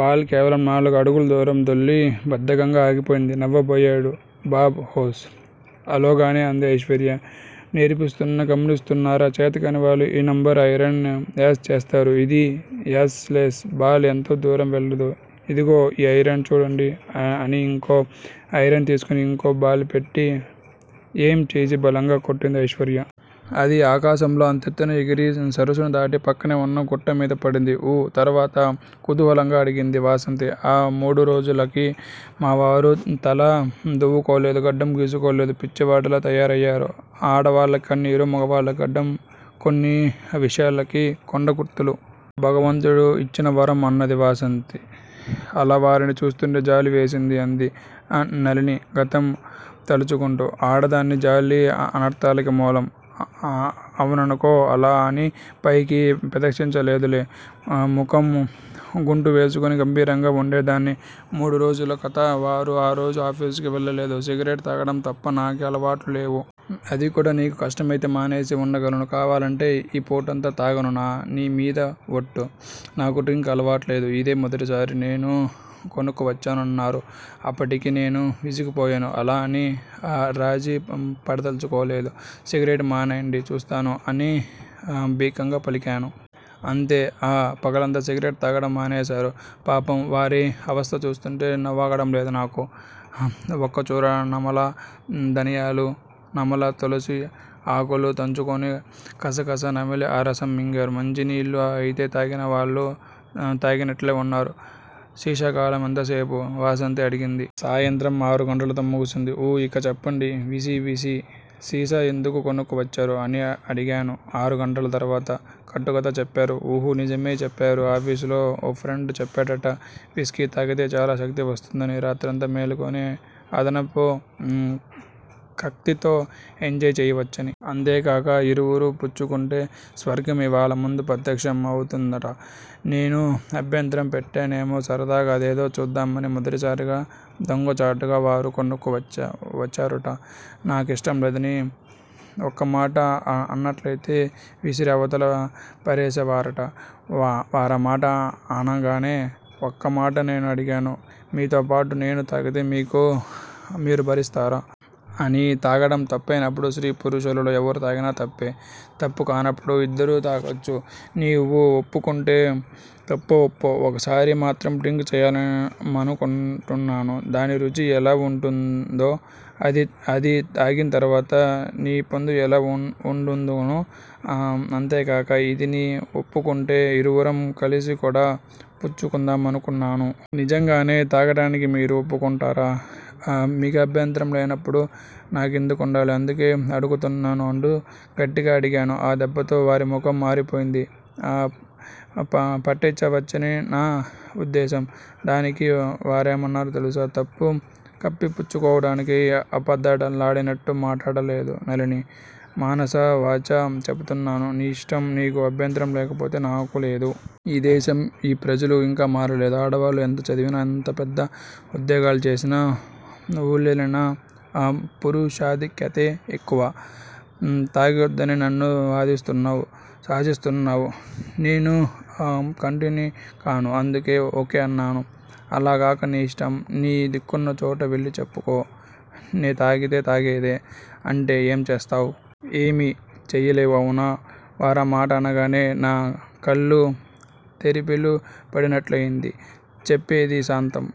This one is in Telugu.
బాల్ కేవలం నాలుగు అడుగుల దూరం దొర్లి బద్ధకంగా ఆగిపోయింది. నవ్వబోయాడు బాబ్ హోప్. ఆలోగానే అంది ఐశ్వర్య. నేర్పిస్తున్నా గమనిస్తున్నారా చేతకాని వాళ్ళు ఈ నెంబర్ ఐరన్ యూస్ చేస్తారు. ఇది యూస్ లెస్. బాల్ ఎంతో దూరం వెళ్ళదు. ఇదిగో ఈ ఐరన్ చూడండి అని ఇంకో ఐరన్ తీసుకుని ఇంకో బాల్ పెట్టి ఎయిమ్ చేసి బలంగా కొట్టింది ఐశ్వర్య. అది ఆకాశంలో అంతెత్తున ఎగిరి సరస్సుని దాటి పక్కనే ఉన్న గుట్ట మీద పడింది. ఊ తర్వాత? కుతూహలంగా అడిగింది వాసంతి. ఆ మూడు రోజులకీ మావారు తల దువ్వుకోలేదు. గడ్డం గీసుకోలేదు. పిచ్చివాడిలా తయారయారు. ఆడాళ్ళకి కన్నీరు, మగాళ్ళకి గడ్డం కొన్ని విషయాలకి కొండ గుర్తులు. భగవంతుడు యిచ్చిన వరం అన్నది వాసంతి. అలా వారిని చూస్తుంటే జాలివేసిందే అంది నళిని గతం తలుచుకుంటూ! ఆడదాని జాలి అనర్దాలకి మూలం. అవుననుకో. అలా అని పైకి ప్రదర్శించలేదులే. ముఖం గంటువెట్టుకుని గంభీరంగా వుండేదాన్ని. మూడురోజుల కధ. వారు ఆరోజు ఆఫీసుకి వెళ్ళలేదు. సిగరెట్ తాగటం తప్ప నాకే అలవాట్లూ లేవు. అదికూడా నీకు కష్టమైతే మానేసి వుండగలను. కావాలంటే ఈ పూటంతా తాగను. నీ మీద వట్టు. నాకు డ్రింక్ అలవాటు లేదు. ఇదే మొదటిసాటి నేను కొనుక్కు వచ్చాను అన్నారు. అప్పటికి నేనూ విసిగిపోయాను, అలా అని రాజీపడదల్చుకోలేదు. సిగరెట్ మానేయండి చూస్తాను. అని బింకంగా పలికాను. అంతే ఆ పగలంతా సిగరెట్ తాగటం మానేశారు. పాపం వారి అవస్త చూస్తుంటే నవ్వాగటంలేదు నాకు. వక్కచూర నమల, ధనిమాలు నమల, తులసి ఆకులు తుంచుకొని కసకస నమిలి ఆ రసం మింగారు. మంచినీళ్ళు అయితే తాగిన వాళ్ళు తాగినట్లే వున్నారు. శిక్షాకాలం ఎంతసేపు! వాసంతి అడిగింది. సాయంత్రం ఆరుగంటలతో ముగిసింది. ఊ-యింక చెప్పండి. విస్కీ విస్కీ సీసా ఎందుకు కొనుక్కు వచ్చారు! అని అడిగాను ఆరుగంటల తర్వాత. కట్టుకధ చెప్పారా! ఉహూ, నిజమే చెప్పారు. ఆఫీసులో ఓ ఫ్రెండ్ చెప్పాడుట. విస్కీ తాగితే బాగా శక్తి వస్తుందని రాత్రంతా మేలుకొని అదనపు కక్తితో ఎంజాయ్ చేయవచ్చని. అంతేగాక యిరువురూ పుచ్చుకుంటే స్వర్గమే వాళ్ళముందు ప్రత్యక్షం అవుతుందిట. నేను అభ్యంతరం పెట్టనేమో సరదాగా అదేదో చూద్దామని మొదటిసారిగా దొంగచాటుగా వారు కొనుక్కు వచ్చారుట, నాకిష్టంలేదని వక్కమాట అన్నట్లయితే విసిరి అవతల పారేసేవారుట. వారామాట అనంగానే వక్కమాట నేను అడిగాను. మీతోపాటు నేను తాగితే మీరు భరిస్తారా! అని తాగటం తప్పయినప్పుడు స్త్రీ పురుషులలో ఎవరు తాగినా తప్పే. తప్పుకానప్పుడు యిద్దరూ తాగొచ్చు. నీవు వప్పుకుంటే తప్పోవప్పో వక్కసారి మాత్రం డ్రింక్ చేద్దామనుకున్నాను. దాని రుచి ఎలా వుంటుందో, అది తాగిం తరువాత నీపొందు ఎలా వుంటుందోనని అంతేగాక యిదీ నీ వప్పుకుంటే యిరువురం కలసికూడా పుచ్చుకుందామనుకున్నాను. నిజంగానే తాగటానికి మీరు వప్పుకుంటారా! మీకభ్యంతరం లేనప్పుడు నాకెందుకుండాలి. అందుకే అడుగుతున్నాను అంటూ గట్టిగా అడిగాను. ఆ దెబ్బతో వారి ముఖం మారిపోతుంది. పట్టేయవచ్చని నా వుద్దేశ్యం. దానికి వారేమన్నారో తెలుసా? తప్పు కప్పిపుచ్చుకోటానికి అబద్ధాలాడినట్లు మాట్లాడటలేదు నళినీ! మనసా వాచా చెపుతున్నాను. నీ యిష్టం నీకు అభ్యంతరం లేకపోతే నాకూ లేదు. ఈ దేశం ఈ ప్రజలు ఇంకా మారలేదు. ఆడవాళ్ళు ఎంత చదివినా ఎంత పెద్ద ఉద్యోగాలు చేసినా ఊళ్లేలినా పురుషాధిక్యతే ఎక్కువ. తాగొద్దని నన్ను సాధిస్తున్నావు. శాసిస్తున్నావు. నేను కఠినుడినికాను. అందుకే ఓకే అన్నాను. అలాగాక నీయిష్టం, నీ దిక్కున్నచోట వెళ్ళి చెప్పుకో నేతాగేది తాగేదే అంటే ఏం చేస్తావ్? ఏమి చెయ్యలేవు అవునా! వారామాట అనగానే నా కళ్ళు తెరిపిళ్ళు పడినట్లయింది. చెప్పేది సాంతం